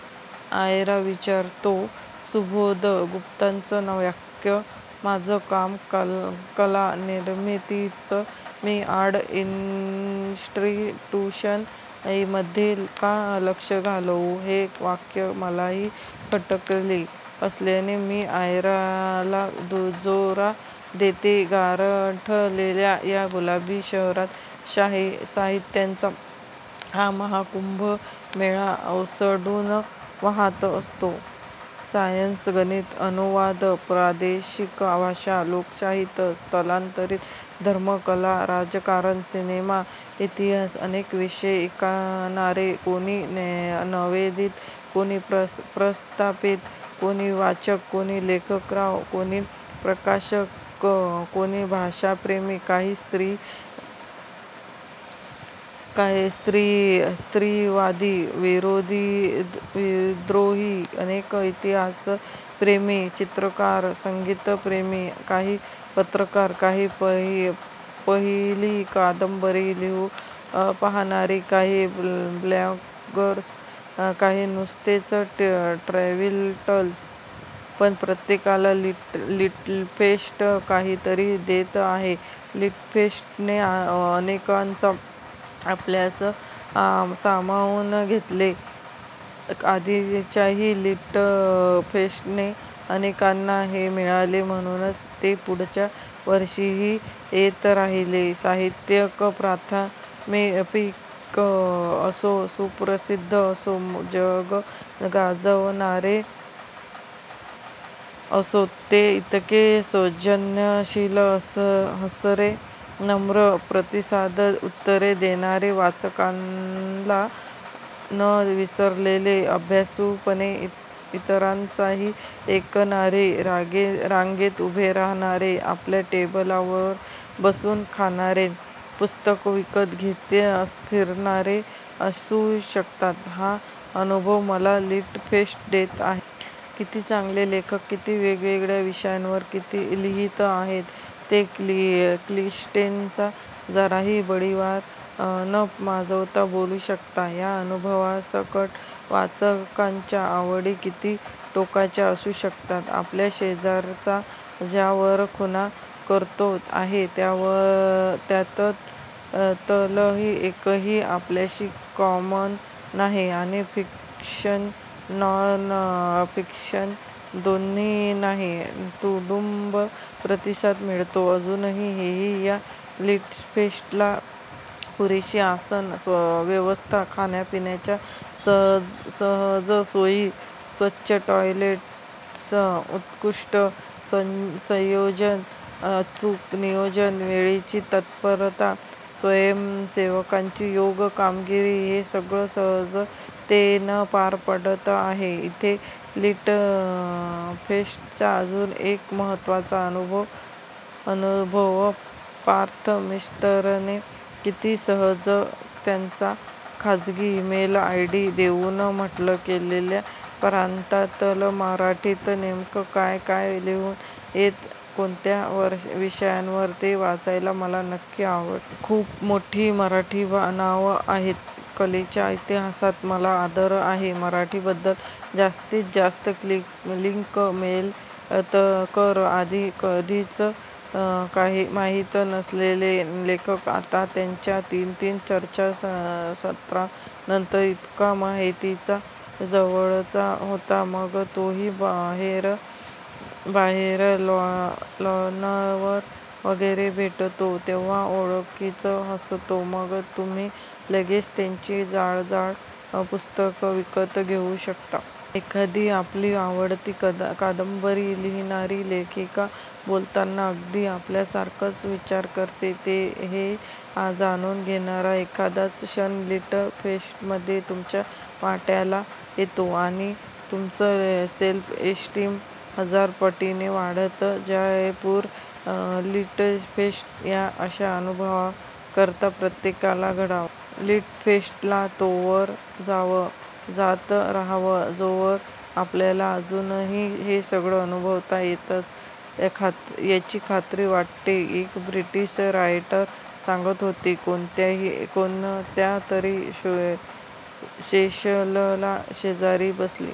आयरा विचारतो. सुबोध गुप्ताचं वाक्य माझं काम कला निर्मितीचं, मी आर्ट इन्स्टीट्यूशन मधे का लक्ष घालवू हे वाक्य मलाही खटकलेलं असल्याने मी आयराला दुजोरा देते. गारठलेल्या या गुलाबी शहरात साहित्याचा हा महाकुंभमेळा ओसंडून वहात असतो. सायन्स, गणित, अनुवाद, प्रादेषिक भाषा, लोकसाहित्य, स्थलांतरित, धर्म, कला, राजकारण, सिनेमा, इतिहास अनेक विषय. ऐकणारे कोणी नवोदित, कोणी प्रस्थापित, कोणी वाचक, कोणी लेखकराव, कोणी प्रकाशक, कोणी भाषाप्रेमी, काही स्त्री-वादी, विद्रोही, अनेक इतिहासप्रेमी. चित्रकार, संगीतप्रेमी, काही पत्रकार, काही पहिली कादंबरी लिहू पहाणारे, काही ब्लॉगर्स, काही नुसतेच ट्वीटर्स. पण प्रत्येकाला लिटफ़ेस्ट काहीतरी देतं आहे. लिटफ़ेस्टने अनेकांना आपल्यात सामावून घेतले. आधीच्याही लिटफ़ेस्टने अनेकांना हे मिळाले म्हणूनच ते पुढच्या वर्षीही येत राहीले. साहित्यिक प्रस्थापित असो, सुप्रसिद्ध असो, जग गाजवणारे असोत.. ते इतके सौजन्यशील, हसरे, नम्र प्रतिसाद, उत्तरे देणारे, वाचकाला न विसरलेले, अभ्यासूपणे इतरांचंही ऐकणारे, रांगेत उभं रहाणारे, आपल्या टेबलावर बसून खाणारे, पुस्तकं विकत घेत फ़िरणारे असू शकतात हा अनुभव मला लिटफ़ेस्ट देत आहे. किती चांगले लेखक, किती वेगवेगळ्या विषयांवर लिहित आहेत, ते क्लिष्टतेचा जराही बडिवार न माजवता बोलू शकतात, या अनुभवासकट. वाचकांच्या आवडी किती टोकाच्या असू शकतात. आपल्या शेजारचा ज्यावर खूणा करतो आहे त्यातलं एकही आपल्याशी कॉमन नाही, आणि फ़िक्शन, नॉन फ़िक्शन दोन्हीनाही तुडुंब प्रतिसाद मिळतो अजूनही हेही या लिटफ़ेस्टला कळले. पुरेशी आसन व्यवस्था, खाण्या-पिण्याच्या सहज सोयी, स्वच्छ टॉयलेट्स, उत्कृष्ट संयोजन, अचूक नियोजन, वेळेची तत्परता, स्वयंसेवकांची योग्य कामगिरी हे सगळं सहजतेनं पार पडत आहे इथे. लिटफ़ेस्टचा अजून एक महत्वाचा अनुभव. पार्थ मित्तरने किती सहज त्याचा खाजगी इमेल आयडी देऊन म्हटलं, कलेच्या प्रांतातलं मराठीत नेमकं काय काय लिहून येतं, कोणत्या विषयांवर ते वाचायला मला नक्की आवडेल. खूप मोठी मराठी नावं आहेत कलेच्या इतिहासात. मला आदर आहे मराठीबद्दल. जास्तीतजास्त लिंक्स मेल कर. आधी कधीच माहीत नसलेले लेखक, आता त्यांच्या तीन-तीन चर्चासत्रांनंतर इतका माहितीचा, जवळचा होतो, मग तोही बाहेर लॉनवर वगैरे भेटतो तेव्हा ओळखीचं हसतो, मग तुम्ही लगेच त्याची जाडजाड पुस्तकं विकत घेऊन टाकता. एखादी आपली आवडती कादंबरी लिहिणारी लेखिका बोलताना अगदी आपल्यासारखाच विचार करते हे जाणवून देणारा एखादाच क्षण लिटफ़ेस्टमधे तुमच्या वाट्याला येतो आणि तुमचं सेल्फ़ एस्टीम हजार पटींने वाढतं. जयपूर लिटफ़ेस्ट या अशा अनुभवांकरता प्रत्येकाला घडावा. लिटफ़ेस्टला तोवर जावं, जात रहावं जोवर आपल्याला अजूनही हे सगळं अनुभवता येतय याची खात्री वाटते. एक ब्रिटिश रायटर सांगत होती कोणत्यातरी सेशनला शेजारी बसली